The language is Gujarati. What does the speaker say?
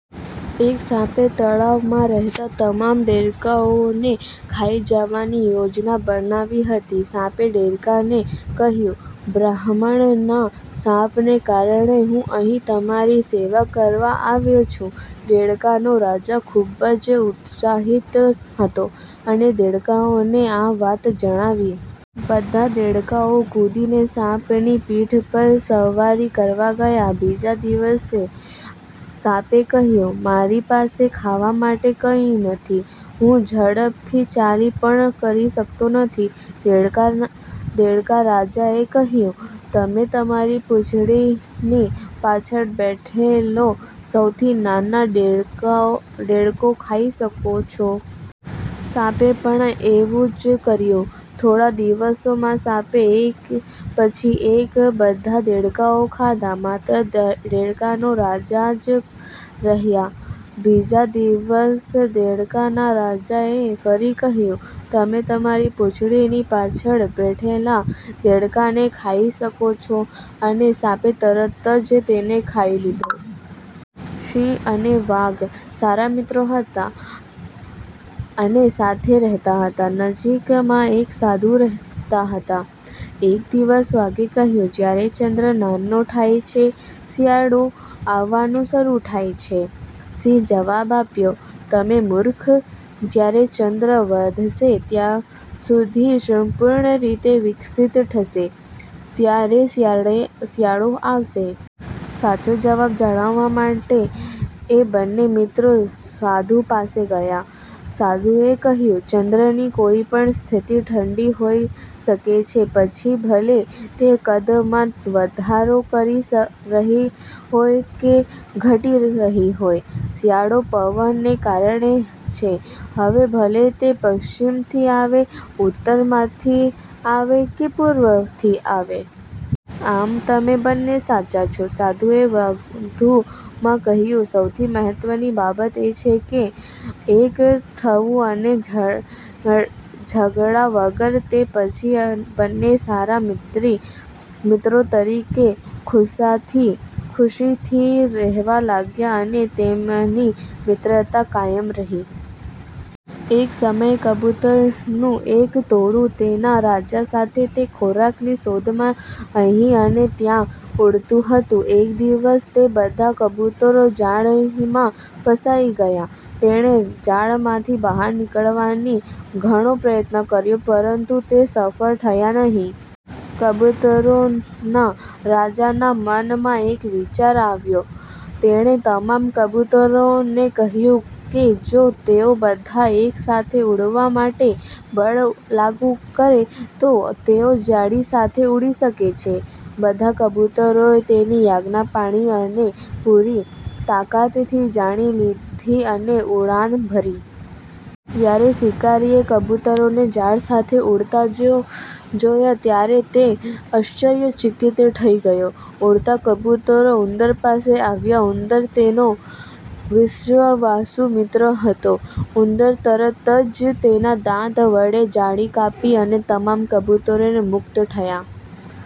એક સાપે તળાવમાં રહેતા તમામ દેડકાઓને ખાઈ જવાની યોજના બનાવી હતી. સાપે દેડકાને કહ્યું, 'બ્રાહ્મણના શાપને કારણે હું અહીં તમારી સેવા કરવા આવ્યો છું. 'દેડકાનો રાજા ખૂબ જ ઉત્સાહિત હતો અને દેડકાઓને આ વાત જણાવી. બધા દેડકાઓ કૂદીને સાપની પીઠ પર સવારી કરવા ગયા. બીજા દિવસે, સાપે કહ્યું, ' મારી પાસે ખાવા માટે કંઈ નથી. હું ઝડપથી ચાલી પણ કરી શકતો નથી. ' દેડકા રાજાએ કહ્યું,' તમે તમારી પૂંછડીની પાછળ બેઠેલો સૌથી નાનો દેડકો ખાઈ શકો છો. 'સાપે પણ એવું જ કર્યું. થોડા દિવસોમાં સાપે એક પછી એક બધા દેડકા ખાધા. માત્ર દેડકા નો રાજા જ રહ્યા. બીજે દિવસે, દેડકાના રાજા એ ફરી કહ્યું, ' તમે તમારી પૂંછડીની પાછળ બેઠેલા દેડકાને ખાઈ શકો છો ' અને સાપે તરત જ તેને ખાઈ લીધો. સિંહ અને વાઘ સારા મિત્રો હતા અને સાથે રહેતા હતા. નજીકમાં એક સાધુ રહેતા હતા. એક દિવસ, વાઘે કહ્યું, "જ્યારે ચંદ્ર નાનો થાય છે, શિયાળો આવવાનું શરૂ થાય છે. સિંહે જવાબ આપ્યો, "તમે મૂર્ખ, જ્યારે ચંદ્ર વધશે ત્યાં સુધી સંપૂર્ણ રીતે વિકસિત થશે, ત્યારે શિયાળો આવશે. સાચો જવાબ જાણવા માટે એ બંને મિત્રો સાધુ પાસે ગયા. સાધુએ કહ્યું, "ચંદ્રની કોઈપણ સ્થિતિ ઠંડી હોઈ શકે છે, પછી ભલે તે કદમાં વધારો કરી રહી હોય કે ઘટી રહી હોય. શિયાળો પવનને કારણે છે, હવે ભલે તે પશ્ચિમથી આવે, ઉત્તરમાંથી આવે કે પૂર્વથી આવે. આમ, તમે બંને સાચા છો. સાધુએ વધુમાં કહ્યું, "સૌથી મહત્વની બાબત એ છે કે એક થવું અને ઝઘડા વગર. તે પછી બંને સારા મિત્રો તરીકે ખુશીથી રહેવા લાગ્યા, અને તેમની મિત્રતા કાયમ રહી. એક સમયે કબૂતરોનું એક ટોળું, તેના રાજા સાથે તે ખોરાકની શોધમાં અહીં અને ત્યાં ઉડતું હતું. એક દિવસ તે બધા કબૂતરો જાળીમાં ફસાઈ ગયા. તેણે જાળમાંથી બહાર નીકળવાનો ઘણો પ્રયત્ન કર્યો પરંતુ તે સફળ થયા નહીં. કબૂતરોના રાજાના મનમાં એક વિચાર આવ્યો. તેણે તમામ કબૂતરોને કહ્યું કે જો તેઓ બધા એક સાથે ઉડવા માટે બળ લાગુ કરે તો તેઓ જાળી સાથે ઉડી શકે છે. બધા કબૂતરોએ તેની આજ્ઞા પાળી અને પૂરી તાકાતથી જાળી લીધી અને ઉડાન ભરી. જ્યારે શિકારીએ કબૂતરોને જાળ સાથે ઉડતા જોયા ત્યારે તે આશ્ચર્યચકિત થઈ ગયો. ઉડતા કબૂતરો ઉંદર પાસે આવ્યા. ઉંદર તેનો વિશ્વાસુ મિત્ર હતો. ઉંદરે તરત જ તેના દાંત વડે જાળી કાપી અને તમામ કબૂતરો મુક્ત થયા.